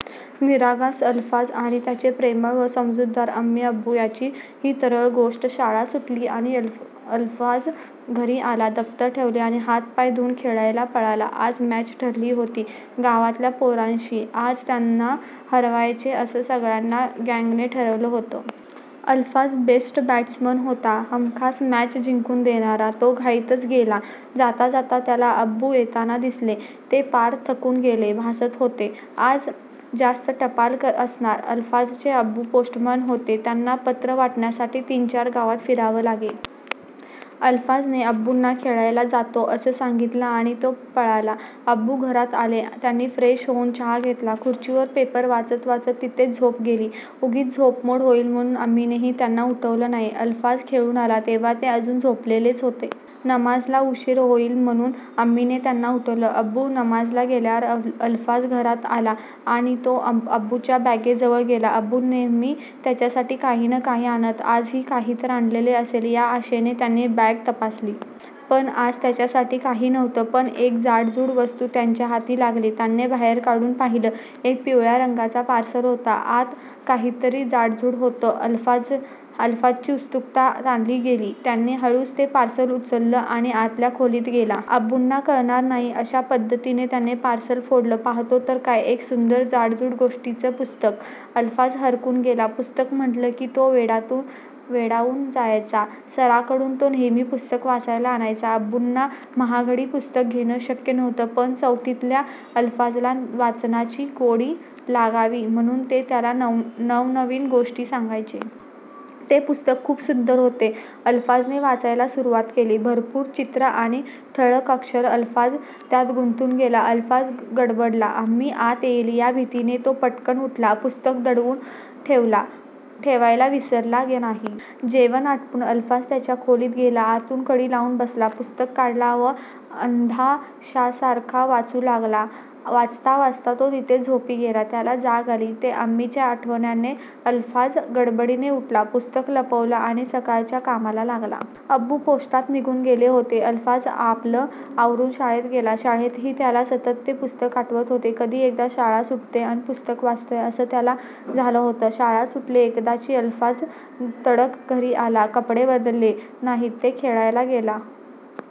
निरागस अलफाज आणि त्याचे प्रेमळ व समजूतदार अम्मी-अब्बू यांची ही तरल गोष्ट- शाळा सुटली आणि अलफाज घरी आला. दप्तर ठेवलं आणि हात पाय धुऊन खेळायला पळाला. आज मॅच ठरली होती गावातल्या पोरांशी... आज त्यांना हरवायचंच, असं सगळ्या गॅंगने ठरवलं होतं. अलफाज बेस्ट बॅटसमन होता... हमखास मॅच जिंकून देणारा. तो घाईतच गेला. जाता जाता त्याला अब्बू येताना दिसले. ते पार थकून गेलेले भासत होते. आज जास्त टपाल असणार. अलफाजचे अब्बू पोस्टमन होते. त्यांना पत्र वाटण्यासाठी तीन-चार गावात फिरावं लागे. अलफाजने अब्बुना 'खेळायला जातो' असं सांगितलं आणि तो पळाला. अब्बू घरात आले. त्यांनी फ्रेश होऊन चहा घेतला. खुर्चीवर पेपर वाचता वाचता तिथेच झोपी गेले. उगीच झोपमोड होईल म्हणून अम्मीनेही त्यांना उठवलं नाही. अलफाज खेळून आला, तेव्हा ते अजून झोपलेलेच होते. नमाजला उशीर ओईल म्हणून अम्मीने त्यांना उठवलं. अब्बू नमाजला गेल्यावर अलफाज घरात आला आणि तो अब्बुंच्या बॅगेजवळ गेला. अब्बू नेहमी त्याच्यासाठी काही न काही आणत. आजही काहीतरी आणलेलं असेल या आशेने त्याने बॅग तपासली. पण आज त्याच्यासाठी काही नव्हतं. पण एक जाडजूड वस्तू त्याच्या हाती लागली. त्याने बाहेर काढून पाहिलं. एक पिवळ्या रंगाचं पार्सल होतं. आत काहीतरी जाडजूड होतं. अलफाजची उत्सुकता ताणली गेली. त्याने हळूच ते पार्सल उचललं आणि आतल्या खोलीत गेला. अब्बूंना कळणार नाही अशा पद्धतीने त्याने पार्सल फोडलं. पाहतो तर काय, एक सुंदर जाडजूड गोष्टींचं पुस्तक! अलफाज हरकून गेला. पुस्तक म्हटलं की तो वेडावून जायचा. सरांकडून तो नेहमी पुस्तकं वाचायला आणायचा. अब्बुंना महागडी पुस्तकं घेणं शक्य नव्हतं, पण चौथीतल्या अलफाजला वाचनाची गोडी लागावी, म्हणून ते त्याला नवनवीन गोष्टी सांगायचे. ते पुस्तक खूप सुंदर होतं. अलफाजने वाचायला सुरवात केली. भरपूर चित्रं आणि ठळक अक्षर! अलफाज त्यात गुंतून गेला. अलफाज गडबडला. अम्मी आत येईल या भीतीने तो पटकन उठला. पुस्तक दडवून ठेवायला विसरला नाही. जेवण आटोपून अलफाज त्याच्या खोलीत गेला. आतून कडी लावून बसला. पुस्तक काढलं व अधाश्यासारखा वाचू लागला. वाचता वाचता तो तिथेच झोपी गेला. त्याला जाग आली ते अम्मीच्या उठवन्याने. अलफाज गडबडीने उठला. पुस्तक लपवलं आणि सकाळच्या कामाला लागला. अब्बू पोस्टात निघून गेले होते. अलफाज आपलं आवरून शाळेत गेला. शाळेतही त्याला सतत ते पुस्तक आठवत होतं. कधी एकदा शाळा सुटतेय, अन पुस्तक वाचतोय, असं त्याला झालं होतं. शाळा सुटली एकदाची. अलफाज तडक घरी आला. कपडे बदलले नाहीत की खेळायला गेला